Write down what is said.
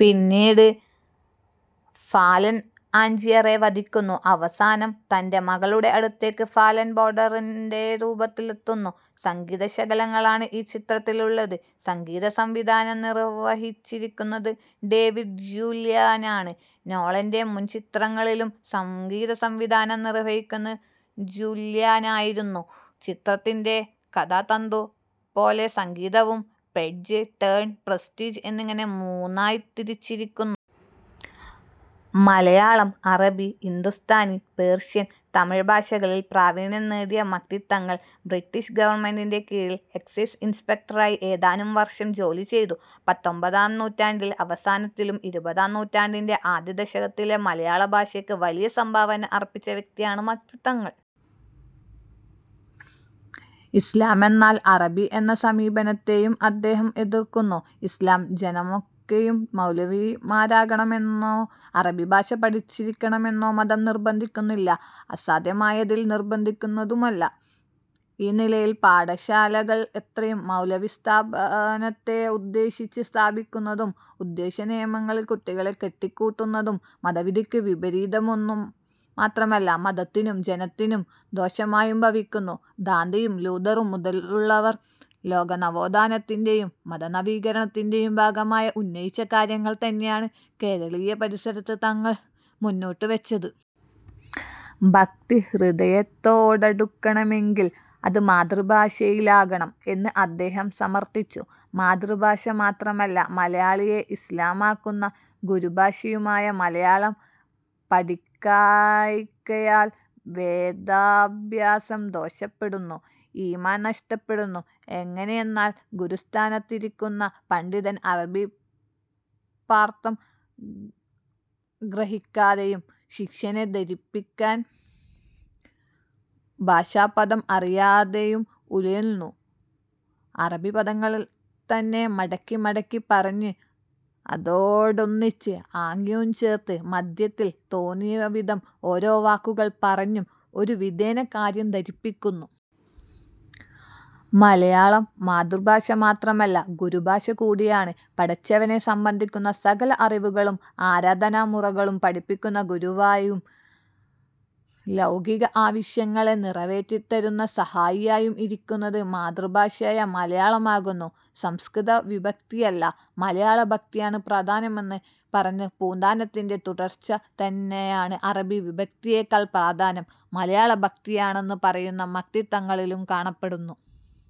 പിന്നീട് ഫാലൻ ആഞ്ജിയറെ വധിക്കുന്നു. അവസാനം തന്റെ മകളുടെ അടുത്തേക്ക് ഫാലൻ ബോഡന്റെ രൂപത്തിൽ എത്തുന്നു. സംഗീത ശകലങ്ങളാണ് ഈ ചിത്രത്തിലുള്ളത്. സംഗീതസംവിധാനം നിർവഹിച്ചിരിക്കുന്നത് ഡേവിഡ് ജൂല്യാനാണ്. നോളന്റെ മുൻചിത്രങ്ങളിലും സംഗീതസംവിധാനം നിർവഹിച്ചത് ജുല്യാനായിരുന്നു. ചിത്രത്തിന്റെ കഥാതന്തു പോലെ സംഗീതവും പ്ലെഡ്ജ്, ടേൺ, പ്രസ്റ്റീജ് എന്നിങ്ങനെ മൂന്നായി തിരിച്ചിരിക്കുന്നു. മലയാളം, അറബി, ഹിന്ദുസ്ഥാനി, പേർഷ്യൻ, തമിഴ് ഭാഷകളിൽ പ്രാവീണ്യം നേടിയ മക്തി തങ്ങൾ ബ്രിട്ടീഷ് ഗവണ്മെൻറിനു കീഴിൽ എക്സൈസ് ഇൻസ്പെക്ടറായി ഏതാനും വർഷം ജോലി ചെയ്തു. പത്തൊമ്പതാം നൂറ്റാണ്ടിൻറെ അവസാനത്തിലും ഇരുപതാം നൂറ്റാണ്ടിൻറെ ആദ്യ ദശകത്തിലെ മലയാള ഭാഷക്ക് വലിയ സംഭാവനകൾ അർപ്പിച്ച വ്യക്തിയാണ് മക്തി തങ്ങൾ. ഇസ്ലാമെന്നാൽ അറബി എന്ന സമീപനത്തെയും അദ്ദേഹം എതിർക്കുന്നു. ഇസ്ലാം ജനമൊക്കെയും മൗലവിമാരാകണമെന്നോ അറബിഭാഷ പഠിച്ചിരിക്കണമെന്നോ മതം നിർബന്ധിക്കുന്നില്ല. അസാധ്യമായതിൽ നിർബന്ധിക്കുന്നതുമല്ല. ഈ നിലയിൽ പാഠശാലകൾ അത്രയും മൗലവിസ്ഥാനത്തെ ഉദ്ദേശിച്ച് സ്ഥാപിക്കുന്നതും ഉദ്ദേശ്യനിയമങ്ങളിൽ കുട്ടികളെ കെട്ടിക്കൂട്ടുന്നതും മതവിധിക്ക് വിപരീതമെന്നുമാത്രമല്ല മതത്തിനും ജനത്തിനും ദോഷമായും ഭവിക്കുന്നു. ദാന്തെയും ലൂഥറും മുതലുള്ളവർ ലോകനവോത്ഥാനത്തിന്റെയും മതനവീകരണത്തിന്റെയും ഭാഗമായി ഉന്നയിച്ച കാര്യങ്ങൾതന്നെയാണ് കേരളീയപരിസരത്ത് തങ്ങൾ മുന്നോട്ടുവെച്ചത്. ഭക്തി, ഹൃദയത്തോടടുക്കണമെങ്കിൽ അത് മാതൃഭാഷയിലാകണം എന്ന് അദ്ദേഹം സമർഥിച്ചു. മാതൃഭാഷ മാത്രമല്ല, മലയാളിയെ ഇസ്ലാമാക്കുന്ന ഗുരുഭാഷയുമായ മലയാളം പഠിക്കായ്കയാൽ വേദാഭ്യാസം ദോഷപ്പെടുന്നു. ഈമാൻ നഷ്ടപ്പെടുന്നു. എങ്ങനെയെന്നാൽ ഗുരുസ്ഥാനത്തിരിക്കുന്ന പണ്ഡിതൻ അറബി പദാർഥം ഗ്രഹിക്കാതെയും ശിഷ്യനെ ധരിപ്പിക്കാൻ ഭാഷാപദം അറിയാതെയും ഉഴലുന്നു. അറബിപദങ്ങളെ തന്നെ മടക്കി മടക്കി പറഞ്ഞും അതോടൊന്നിച്ച് ആംഗ്യംചേർത്തും മധ്യത്തിൽ തോന്നിയവിധം ഓരോ വാക്കുകൾ പറഞ്ഞും ഒരു വിധേന കാര്യം ധരിപ്പിക്കുന്നു. മലയാളം മാതൃഭാഷ മാത്രമല്ല, ഗുരുഭാഷ കൂടിയാണ്. പടച്ചവനെ സംബന്ധിക്കുന്ന സകല അറിവുകളും ആരാധനാമുറകളും പഠിപ്പിക്കുന്ന ഗുരുവായും ലൗകിക ആവശ്യങ്ങളെ നിറവേറ്റിത്തരുന്ന സഹായിയായും ഇരിക്കുന്നത് മാതൃഭാഷയായ മലയാളം ആകുന്നു. സംസ്കൃതവിഭക്തിയല്ല, മലയാളഭക്തിയാണ് പ്രധാനമെന്ന് പറഞ്ഞ പൂന്താനത്തിന്റെ തുടർച്ച തന്നെയാണ് അറബി വിഭക്തിയേക്കാൾ പ്രധാനം മലയാളഭക്തിയാണെന്ന് പറയുന്ന മക്തി തങ്ങളിലും കാണുന്നത്.